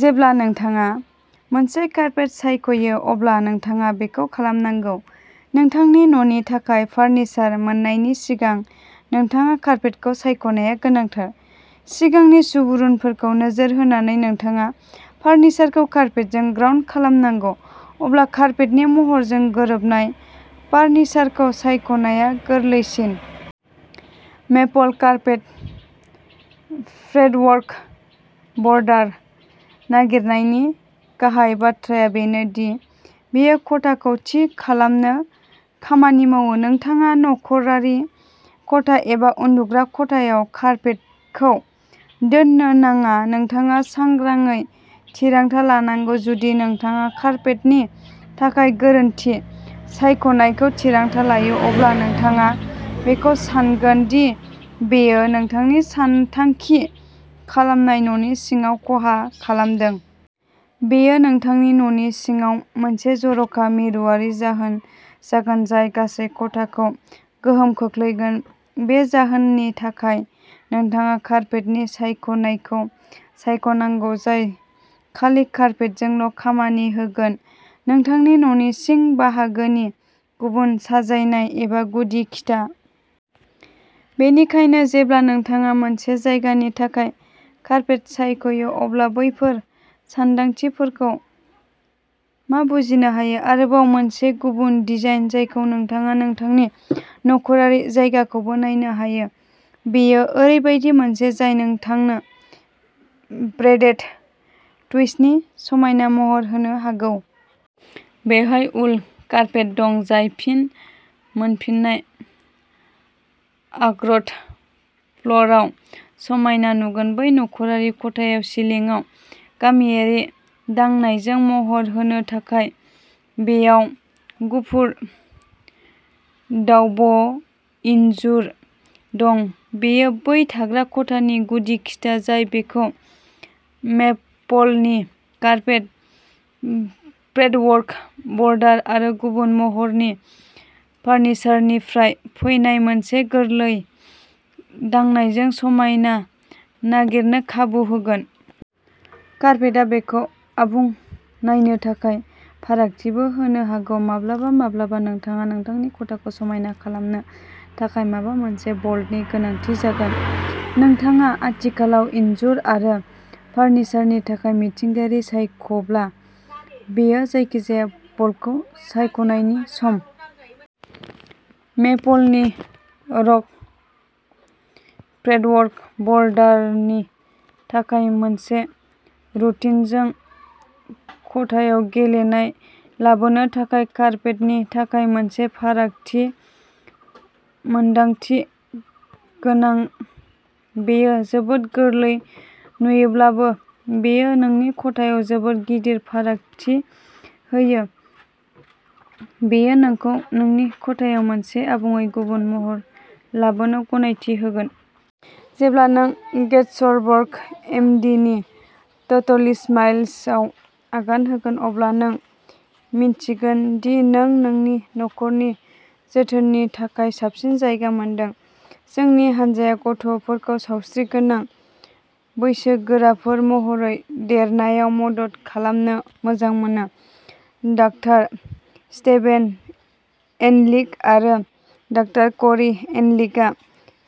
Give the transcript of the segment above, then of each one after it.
जेब्ला नोंथाङा मोनसे कारपेट सायख'यो अब्ला नोंथाङा बेखौ खालामनांगौ। नोंथांनि न'नि थाखाय फार्निचार मोननायनि सिगां नोंथाङा कारपेटखौ सायख'नाया गोनांथार। सिगांनि सुबुरुनफोरखौ नोजोर होनानै नोंथाङा फार्निचारखौ कारपेटजों ग्राउन्ड खालामनांगौ, अब्ला कारपेटनि महरजों गोरोबनाय फार्निचारखौ सायख'नाया गोरलैसिन। मेपल कारपेट फ्रेटवर्क बर्डार नागिरनायनि गाहाय बाथ्राया बेनो दि बेयो खथाखौ थि खालामनो खामानि मावो। नोंथाङा नखरारि खथा एबा उन्दुग्रा खथायाव कारपेटखौ दोननो नाङा, नोंथाङा सांग्राङै थिरांथा लानांगौ। जुदि नोंथाङा कारपेटनि थाखाय गोरोन्थि सायख'नायखौ थिरांथा लायो, अब्ला नोंथाङा बेखौ सानगोन दि बेयो नोंथांनि सानथांखि खालामनाय न'नि सिङाव खहा खालामदों। बेयो नोंथांनि न'नि सिङाव मोनसे जर'खा मिरुवारि जाहोन जागोन जाय गासै खथाखौ गोहोम खोख्लैगोन। बे जाहोननि थाखाय नोंथाङा कारपेटनि सायख'नायखौ सायख'नांगौ जाय खालि कारपेटजोंल'खामानि होगोन। नोंथांनि न'नि सिं बाहागोनि गुबुन साजायनाय एबा गुदि खिथा। बेनिखायनो, जेब्ला नोंथाङा मोनसे जायगानि थाखाय कारपेट सायख'यो, अब्ला बैफोर सानदांथिफोरखौ मा बुजिनो हायो? आरोबाव मोनसे गुबुन डिजाइन जायखौ नोंथाङा नोंथांनि नख'रारि जायगाखौबो नायनो हायो, बेयो ओरैबायदि मोनसे जाय नोंथांनो ब्रेडेड टुइस्टनि समायना महर होनो हागौ। बेवहाय उल कारपेट दं, जाय फिन मोनफिननाय आखरट फ्ल'रआव समायना नुगोन। बै नख'रारि खथायाव सिलिंआव गामियारि दांनायजों महर होनो थाखाय, बेयाव गुफुर दावब'इनजुर दं। बेयो बै थाग्रा खथानि गुदि खिथा, जाय बेखौ मेपलनि कारपेट फ्रेटवर्क बर्डार आरो गुबुन महरनि फार्निचारनिफ्राय फैनाय मोनसे गोरलै दांनायजों समायना नागिरनो खाबु होगोन। कारपेटआ बेखौ आबुं नायनो थाखाय फारागथिबो होनो हागौ। माब्लाबा-माब्लाबा, नोंथाङा नोंथांनि खथाखौ समायना खालामनो थाखाय माबा मोनसे बल्डनि गोनांथि जागोन। नोंथाङा आथिखालाव इनजुर आरो फार्निचारनि थाखाय मिथिंगायारि सायख'ब्ला, बेयो जायखिजाया बल्डखौ सायख'नायनि सम। मेपलनि रग फ्रेटवर्क बर्डारनि थाखाय मोनसे रुटिनजों। खथायाव गेलेनाय लाबोनो थाखाय कारपेटनि थाखाय मोनसे फारागथि मोनदांथि गोनां। बेयो जोबोद गोरलै नुयोब्लाबो, बेयो नोंनि खथायाव जोबोद गिदिर फारागथि होयो। बेयो नोंखौ नोंनि खथायाव मोनसे आबुङै गुबुन महर लाबोनो गनायथि होगोन। जेब्ला नों गेथर्सबर्ग, एम. डि. नि टटलिस्माइल्सआव आगान होगोन, अब्ला नों मिन्थिगोन दि नों नोंनि नखरनि जोथोननि थाखाय साबसिन जायगा मोनदों। जोंनि हानजाया गथ'फोरखौ सावस्रिगोनां बैसोगोराफोर महरै देरनायाव मदद खालामनो मोजां मोनो। डाक्टार स्टेभेन एनलिक आरो डाक्टार क'री एनलिकआ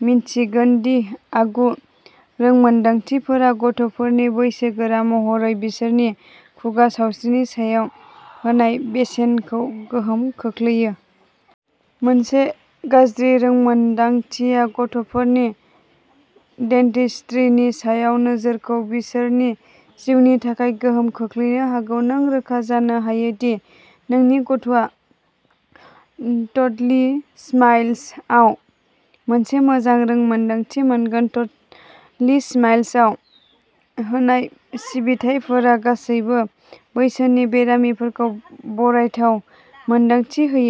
मिन्थिगोन दि आगु रोंमोनदांथिफोरा गथ'फोरनि बैसोगोरा महरै बिसोरनि खुगा सावस्रिनि सायाव होनाय बेसेनखौ गोहोम खोख्लैयो। मोनसे गाज्रि रोंमोनदांथिया गथ'फोरनि डेन्डिस्ट्रीनि सायाव नोजोरखौ बिसोरनि जिउनि थाखाय गोहोम खोख्लैनो हागौ। नों रोखा जानो हायो दि नोंनि गथ'आ टटलीस्माइल्सआव मोनसे मोजां रोंमोनदांथि मोनगोन। टटलीस्माइल्सआव होनाय सिबिथाइफोरा गासैबो बैसोनि बेरामिफोरखौ बरायथाव मोनदांथि होयो।